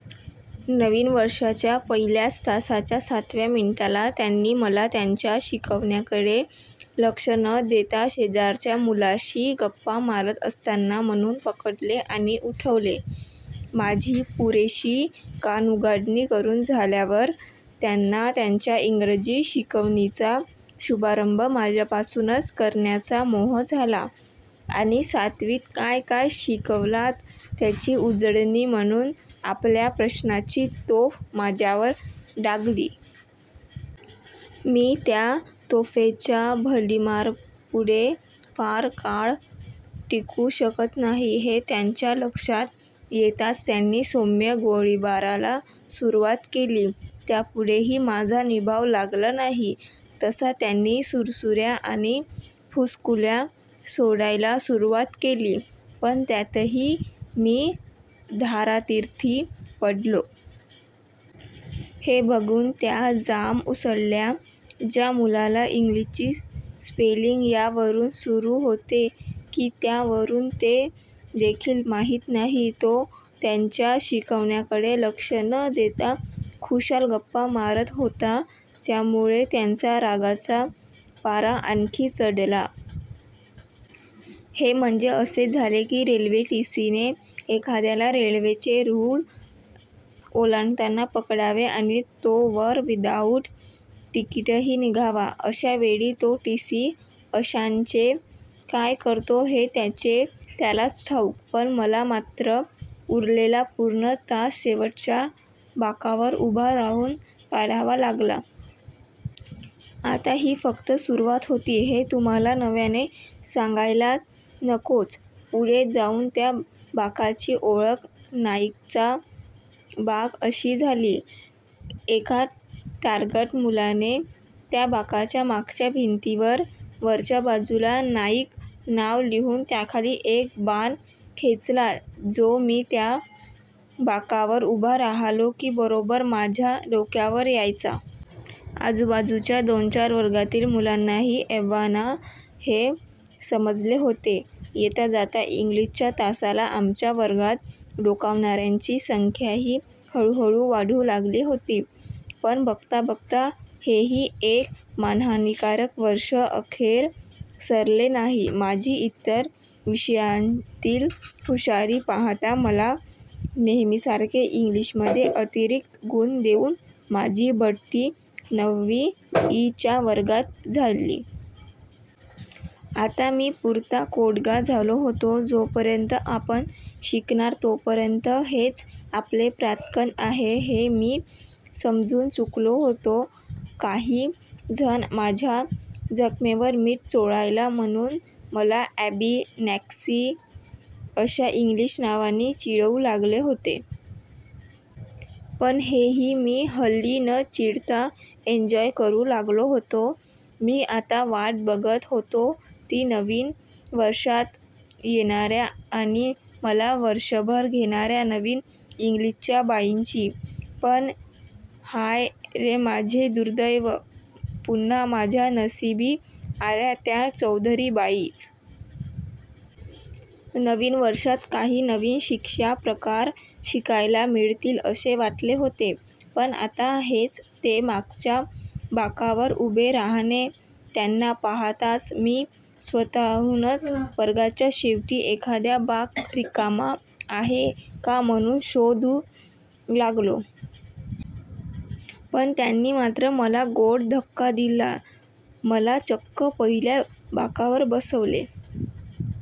नवीन वर्षाच्या पहिल्याच तासाच्या सतराव्या मिनिटाला त्यांनी मला त्यांच्या शिकवण्याकडे लक्ष न देता शेजारच्या मुलाशी गप्पा मारत असताना म्हणून पकडले आणि उठवले. माझी पुरेशी कानउघाडणी करून झाल्यावर त्यांना त्यांच्या इंग्रजी शिकवणीचा शुभारंभ माझ्यापासूनच करण्याचा मोह झाला आणि सातवीत काय काय शिकलात याची उजळणी म्हणून आपल्या प्रश्नांची तोफ माझ्यावर डागली. मी त्या तोफेच्या भडिमारापुढे फार काळ टिकू शकत नाही हे त्यांच्या लक्षात येताच त्यांनी सौम्य गोळीबाराला सुरुवात केली. त्यापुढेही माझा निभाव लागला नाही तसा त्यांनी सुरसुऱ्या आणि फुसकुल्या सोडायला सुरुवात केली. पण त्यातही मी धारातीर्थी पडलो. हे बघून त्या जाम उसळल्या. ज्या मुलाला इंग्लिशची स्पेलिंग या वरून सुरू होते की त्या वरून हे देखील माहीत नाही तो त्यांच्या शिकवण्याकडे लक्ष न देता खुशाल गप्पा मारत होता यामुळे त्यांचा रागाचा पारा आणखी चढला. हे म्हणजे असे झाले की रेल्वे टीसीने एखाद्याला रेल्वेचे रूळ ओलांडताना पकडावे आणि तो वर विदाऊट तिकीटही निघावा. अशा वेळी तो टीसी अशांचे काय करतो हे त्याचे त्यालाच ठाऊक, पण मला मात्र उरलेला पूर्ण तास शेवटच्या बाकावर उभा राहून काढावा लागला. आता ही फक्त सुरुवात होती हे तुम्हाला नव्याने सांगायला नकोच. पुढे जाऊन त्या बाकाची ओळख नाईकचा बाक अशी झाली. एका टारगट मुलाने त्या बाकाच्या मागच्या भिंतीवर वरच्या बाजूला नाईक नाव लिहून त्याखाली एक बाण खेचला जो मी त्या बाकावर उभा राहिलो की बरोबर माझ्या डोक्यावर यायचा. आजूबाजूच्या दोनचार वर्गातील मुलांनाही एव्हाना हे समजले होते. येताजाता इंग्लिशच्या तासाला आमच्या वर्गात डोकावणाऱ्यांची संख्याही हळूहळू वाढू लागली होती. पण बघता बघता हेही एक मानहानीकारक वर्ष अखेर सरले आणि माझी इतर विषयांतील हुशारी पाहता मला नेहमीसारखे इंग्लिशमध्ये अतिरिक्त गुण देऊन माझी बढती नववी ई च्या वर्गात झाली. आता मी पुरता कोडगा झालो होतो. जोपर्यंत आपण शिकणार तोपर्यंत हेच आपले प्राक्तन आहे हे मी समजून चुकलो होतो. काही जण माझ्या जखमेवर मीठ चोळायला म्हणून मला अ‍ॅबी, नॅक्सी अशा इंग्लिश नावांनी चिडवू लागले होते. पण हेही मी हल्ली न चिडता एंजॉय करू लागलो होतो. मी आता वाट बघत होतो ती नवीन वर्षात येणाऱ्या आणि मला वर्षभर घेणाऱ्या नवीन इंग्लिशच्या बाईंची, पण हाय रे माझे दुर्दैव, पुन्हा माझ्या नशिबी आल्या त्या चौधरी बाईच! नवीन वर्षात काही नवीन शिक्षा प्रकार शिकायला मिळतील असे वाटले होते. पण आता तेच ते मागच्या बाकावर उभे राहणे. त्यांना पाहताच मी स्वतःहूनच वर्गाच्या शेवटी एखादा बाक रिकामा आहे का म्हणून शोधू लागलो. पण त्यांनी मात्र मला गोड धक्का दिला. मला चक्क पहिल्या बाकावर बसवले.